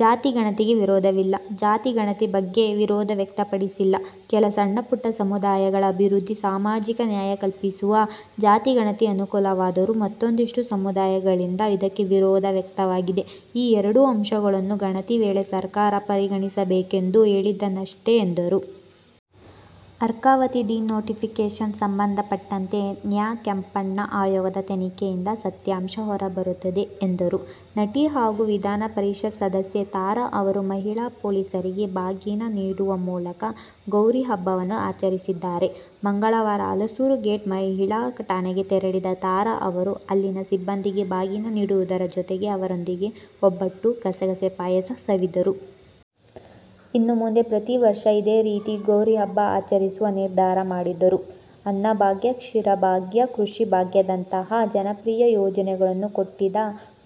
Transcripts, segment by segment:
ಜಾತಿ ಗಣತಿಗೆ ವಿರೋಧವಿಲ್ಲ: ಜಾತಿ ಗಣತಿ ಬಗ್ಗೆ ವಿರೋಧ ವ್ಯಕ್ತಪಡಿಸಿಲ್ಲ. ಕೆಲ ಸಣ್ಣ ಪುಟ್ಟ ಸಮುದಾಯಗಳ ಅಭಿವೃದ್ಧಿ, ಸಾಮಾಜಿಕ ನ್ಯಾಯ ಕಲ್ಪಿಸಲು ಜಾತಿ ಗಣತಿ ಅನುಕೂಲವಾದರೂ ಮತ್ತೂಂದಿಷ್ಟು ಸಮುದಾಯಗಳಿಂದ ಇದಕ್ಕೆ ವಿರೋಧ ವ್ಯಕ್ತವಾಗಿದೆ. ಈ ಎರಡು ಅಂಶಗಳನ್ನು ಗಣತಿ ವೇಳೆ ಸರ್ಕಾರ ಪರಿಗಣಿಸಬೇಕೆಂದು ಹೇಳಿದ್ದನಷ್ಟೆ ಎಂದರು. ಅರ್ಕಾವತಿ ಡಿನೋಟಿಫಿಕೇಶನ್ ಸಂಬಂಧಪಟ್ಟಂತೆ ನ್ಯಾ ಕೆಂಪಣ್ಣ ಆಯೋಗದ ತನಿಖೆಯಿಂದ ಸತ್ಯಾಂಶ ಹೊರಬರುತ್ತದೆ ಎಂದರು. ನಟಿ ಹಾಗೂ ವಿಧಾನ ಪರಿಷತ್ ಸದಸ್ಯೆ ತಾರಾ ಅವರು ಮಹಿಳಾ ಪೊಲೀಸರಿಗೆ ಬಾಗಿನ ನೀಡುವ ಮೂಲಕ ಗೌರಿ ಹಬ್ಬವನ್ನು ಆಚರಿಸಿದ್ದಾರೆ. ಮಂಗಳವಾರ ಹಲಸೂರು ಗೇಟ್ ಮಹಿಳಾ ಠಾಣೆಗೆ ತೆರಳಿದ ತಾರಾ ಅವರು ಅಲ್ಲಿನ ಸಿಬ್ಬಂದಿಗೆ ಬಾಗಿನ ನೀಡುವುದರ ಜೊತೆಗೆ ಅವರೊಂದಿಗೆ ಒಬ್ಬಟ್ಟು, ಗಸಗಸೆ ಪಾಯಸ ಸವಿದರು. ಇನ್ನು ಮುಂದೆ ಪ್ರತಿ ವರ್ಷ ಇದೇ ರೀತಿ ಗೌರಿ ಹಬ್ಬ ಆಚರಿಸುವ ನಿರ್ಧಾರ ಮಾಡಿದರು. ಅನ್ನಭಾಗ್ಯ, ಕ್ಷೀರಭಾಗ್ಯ, ಕೃಷಿ ಭಾಗ್ಯದಂತಹ ಜನಪ್ರಿಯ ಯೋಜನೆಗಳನ್ನು ಕೊಟ್ಟಿದ್ದ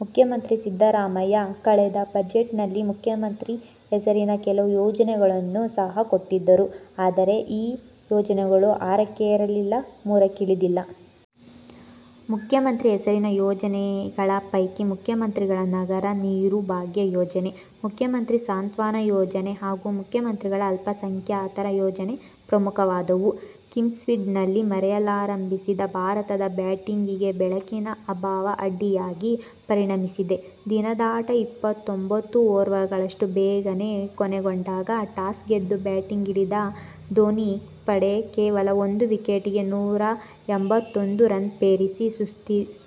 ಮುಖ್ಯಮಂತ್ರಿ ಸಿದ್ದರಾಮಯ್ಯ ಕಳೆದ ಬಜೆಟ್ನಲ್ಲಿ ಮುಖ್ಯಮಂತ್ರಿ ಹೆಸರಿನ ಕೆಲವು ಯೋಜನೆಗಳನ್ನು ಸಹ ಕೊಟ್ಟಿದ್ದರು. ಆದರೆ, ಈ ಯೋಜನೆಗಳು ಆರಕ್ಕೇರಿಲ್ಲ, ಮೂರಕ್ಕಿಳಿದಿಲ್ಲ. ಮುಖ್ಯಮಂತ್ರಿ ಹೆಸರಿನ ಯೋಜನೆಗಳ ಪೈಕಿ ಮುಖ್ಯಮಂತ್ರಿಗಳ ನಗರ ನೀರು ಭಾಗ್ಯ ಯೋಜನೆ, ಮುಖ್ಯಮಂತ್ರಿ ಸಾಂತ್ವನಯೋಜನೆ ಹಾಗೂ ಮುಖ್ಯಮಂತ್ರಿಗಳ ಅಲ್ಪಸಂಖ್ಯಾತರ ಯೋಜನೆ ಪ್ರಮುಖವಾದವು. ಕಿಂಗ್ಸ್ಮೀಡ್ನಲ್ಲಿ ಮೆರೆಯಲಾರಂಭಿಸಿದ್ದ ಭಾರತದ ಬ್ಯಾಟಿಂಗಿಗೆ ಬೆಳಕಿನ ಅಭಾವ ಅಡ್ಡಿಯಾಗಿ ಪರಿಣಮಿಸಿದೆ. ದಿನದಾಟ ಇಪ್ಪತ್ತೊಂಬತ್ತು ಓವರ್ಗಳಷ್ಟು ಬೇಗನೇ ಕೊನೆಗೊಂಡಾಗ ಟಾಸ್ ಗೆದ್ದು ಬ್ಯಾಟಿಂಗಿಗೆ ಇಳಿದಿದ್ದ ಧೋನಿ ಪಡೆ ಕೇವಲ ಒಂದು ವಿಕೆಟಿಗೆ ನೂರಾ ಎಂಬತ್ತೊಂದು ರನ್ ಪೇರಿಸಿ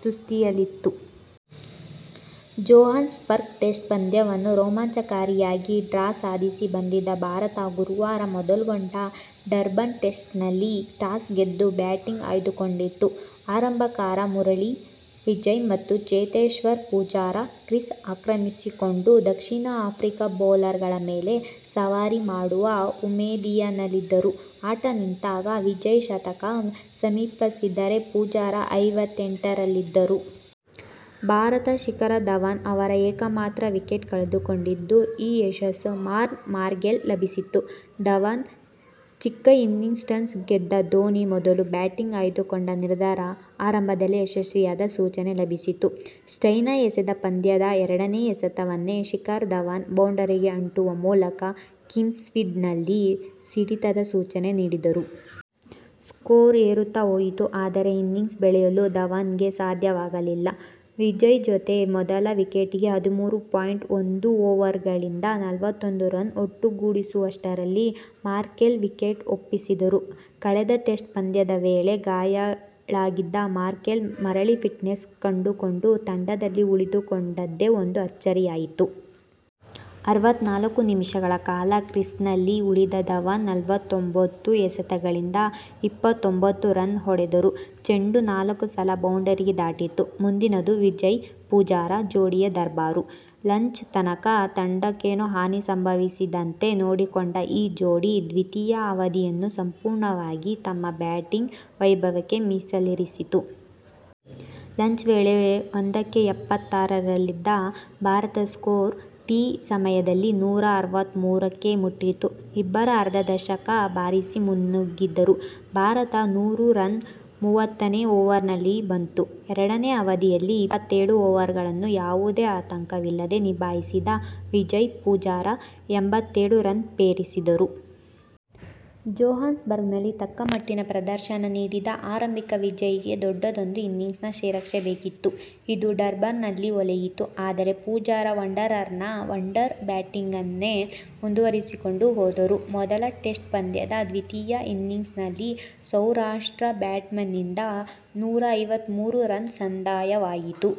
ಸುಸ್ಥಿತಿಯಲ್ಲಿತ್ತು. ಜೊಹಾನ್ಸ್ಬರ್ಗ್ ಟೆಸ್ಟ್ ಪಂದ್ಯವನ್ನು ರೋಮಾಂಚಕಾರಿಯಾಗಿ ಡ್ರಾ ಸಾಧಿಸಿ ಬಂದಿದ್ದ ಭಾರತ ಗುರುವಾರ ಮೊದಲ್ಗೊಂಡ ಡರ್ಬನ್ ಟೆಸ್ಟ್ನಲ್ಲಿ ಟಾಸ್ ಗೆದ್ದು ಬ್ಯಾಟಿಂಗ್ ಆಯ್ದುಕೊಂಡಿತ್ತು. ಆರಂಭಕಾರ ಮುರಳಿ ವಿಜಯ್ ಮತ್ತು ಚೇತೇಶ್ವರ್ ಪೂಜಾರ ಕ್ರೀಸ್ ಆಕ್ರಮಿಸಿಕೊಂಡು ದಕ್ಷಿಣ ಆಫ್ರಿಕಾ ಬೌಲರ್ಗಳ ಮೇಲೆ ಸವಾರಿ ಮಾಡುವ ಉಮೇದಿನಲ್ಲಿದ್ದರು. ಆಟ ನಿಂತಾಗ ವಿಜಯ್ ಶತಕ ಸಮೀಪಿಸಿದ್ದರೆ, ಪೂಜಾರ ಐವತ್ತೆಂಟರಲ್ಲಿದ್ದರು. ಭಾರತ ಶಿಖರ್ ಧವನ್ ಅವರ ಏಕಮಾತ್ರ ವಿಕೆಟ್ ಕಳೆದುಕೊಂಡಿದ್ದು, ಈ ಯಶಸ್ಸು ಮಾರ್ನ್ ಮಾರ್ಕೆಲ್ಗೆ ಲಭಿಸಿತ್ತು. ಧವನ್ ಚಿಕ್ಕ ಇನ್ನಿಂಗ್ಸ್ಟಾಸ್ ಗೆದ್ದ ಧೋನಿ ಮೊದಲು ಬ್ಯಾಟಿಂಗ್ ಆಯ್ದುಕೊಂಡ ನಿರ್ಧಾರ ಆರಂಭದಲ್ಲೇ ಯಶಸ್ವಿಯಾದ ಸೂಚನೆ ಲಭಿಸಿತು. ಸ್ಟೇಯ್ನ ಎಸೆದ ಪಂದ್ಯದ ಎರಡನೇ ಎಸೆತವನ್ನೇ ಶಿಖರ್ ಧವನ್ ಬೌಂಡರಿಗೆ ಅಟ್ಟುವ ಮೂಲಕ ಕಿಂಗ್ಸ್ಮೀಡ್ನಲ್ಲಿ ಸಿಡಿತದ ಸೂಚನೆ ನೀಡಿದರು. ಸ್ಕೋರ್ ಏರುತ್ತ ಹೋಯಿತು. ಆದರೆ ಇನ್ನಿಂಗ್ಸ್ ಬೆಳೆಸಲು ಧವನ್ಗೆ ಸಾಧ್ಯವಾಗಲಿಲ್ಲ. ವಿಜಯ್ ಜತೆ ಮೊದಲ ವಿಕೆಟಿಗೆ ಹದಿಮೂರು ಪಾಯಿಂಟ್ ಒಂದು ಓವರ್ಗಳಿಂದ ನಲವತ್ತೊಂದು ರನ್ ಒಟ್ಟುಗೂಡಿಸುವಷ್ಟರಲ್ಲಿ ಮಾರ್ಕೆಲ್ಗೆ ವಿಕೆಟ್ ಒಪ್ಪಿಸಿದರು. ಕಳೆದ ಟೆಸ್ಟ್ ಪಂದ್ಯದ ವೇಳೆ ಗಾಯಾಳಾಗಿದ್ದ ಮಾರ್ಕೆಲ್ ಮರಳಿ ಫಿಟ್ನೆಸ್ ಕಂಡುಕೊಂಡು ತಂಡದಲ್ಲಿ ಉಳಿದುಕೊಂಡದ್ದೇ ಒಂದು ಆಚ್ಚರಿಯಾಗಿತ್ತು. ಆರಾವತ್ತ್ನಾಲ್ಕು ನಿಮಿಷಗಳ ಕಾಲ ಕ್ರೀಸ್ನಲ್ಲಿ ಉಳಿದ ಧವನ್ ನಲವತ್ತುಹೊಂಬತ್ತು ಎಸೆತಗಳಿಂದ ಇಪ್ಪತ್ತೊಂಭತ್ತು ರನ್ ಹೊಡೆದರು. ಚೆಂಡು ನಾಲ್ಕು ಸಲ ಬೌಂಡರಿ ದಾಟಿತು. ಮುಂದಿನದು ವಿಜಯ್-ಪೂಜಾರ ಜೋಡಿಯ ದರ್ಬಾರು. ಲಂಚ್ ತನಕ ತಂಡಕ್ಕೇನೂ ಹಾನಿ ಸಂಭವಿಸದಂತೆ ನೋಡಿಕೊಂಡ ಈ ಜೋಡಿ, ದ್ವಿತೀಯ ಅವಧಿಯನ್ನು ಸಂಪೂರ್ಣವಾಗಿ ತಮ್ಮ ಬ್ಯಾಟಿಂಗ್ ವೈಭವಕ್ಕೆ ಮೀಸಲಿರಿಸಿತು. ಲಂಚ್ ವೇಳೆ ಒಂದಕ್ಕೆ ಎಪ್ಪತ್ತಾರು ರಲ್ಲಿದ್ದ ಭಾರತದ ಸ್ಕೋರ್ ಟೀ ಸಮಯದಲ್ಲಿ ನೂರಾ ಅರವತ್ತಮೂರು ಕ್ಕೆ ಮುಟ್ಟಿತ್ತು. ಇಬ್ಬರೂ ಅರ್ಧ ಶತಕ ಬಾರಿಸಿ ಮುನ್ನುಗ್ಗಿದ್ದರು. ಭಾರತದ ನೂರು ರನ್ ಮೂವತ್ತನೇ ಓವರಿನಲ್ಲಿ ಬಂತು. ಎರಡನೇ ಅವಧಿಯಲ್ಲಿ ಇಪ್ಪತ್ತೇಳು ಓವರ್ಗಳನ್ನು ಯಾವುದೇ ಆತಂಕವಿಲ್ಲದೆ ನಿಭಾಯಿಸಿದ ವಿಜಯ್-ಪೂಜಾರ ಎಂಬತ್ತೇಳು ರನ್ ಪೇರಿಸಿದರು. ಜೊಹಾನ್ಸ್ಬರ್ಗ್ನಲ್ಲಿ ತಕ್ಕಮಟ್ಟಿನ ಪ್ರದರ್ಶನ ನೀಡಿದ್ದ ಆರಂಭಿಕ ವಿಜಯ್ಗೆ ದೊಡ್ಡದೊಂದು ಇನ್ನಿಂಗ್ಸಿನ ಶ್ರೀರಕ್ಷೆ ಬೇಕಿತ್ತು. ಇದು ಡರ್ಬನ್ನಲ್ಲಿ ಒಲಿಯಿತು. ಆದರೆ ಪೂಜಾರ ವಾಂಡರರ್ನ ವಂಡರ್ ಬ್ಯಾಟಿಂಗನ್ನೇ ಮುಂದುವರಿಸಿಕೊಂಡು ಹೋದರು. ಮೊದಲ ಟೆಸ್ಟ್ ಪಂದ್ಯದ ದ್ವಿತೀಯ ಇನ್ನಿಂಗ್ಸ್ನಲ್ಲಿ ಸೌರಾಷ್ಟ್ರ ಬ್ಯಾಟ್ಸ್ಮನ್ನಿಂದ ನೂರಾ ಐವತ್ತಮೂರು ರನ್ ಸಂದಾಯವಾಗಿತ್ತು.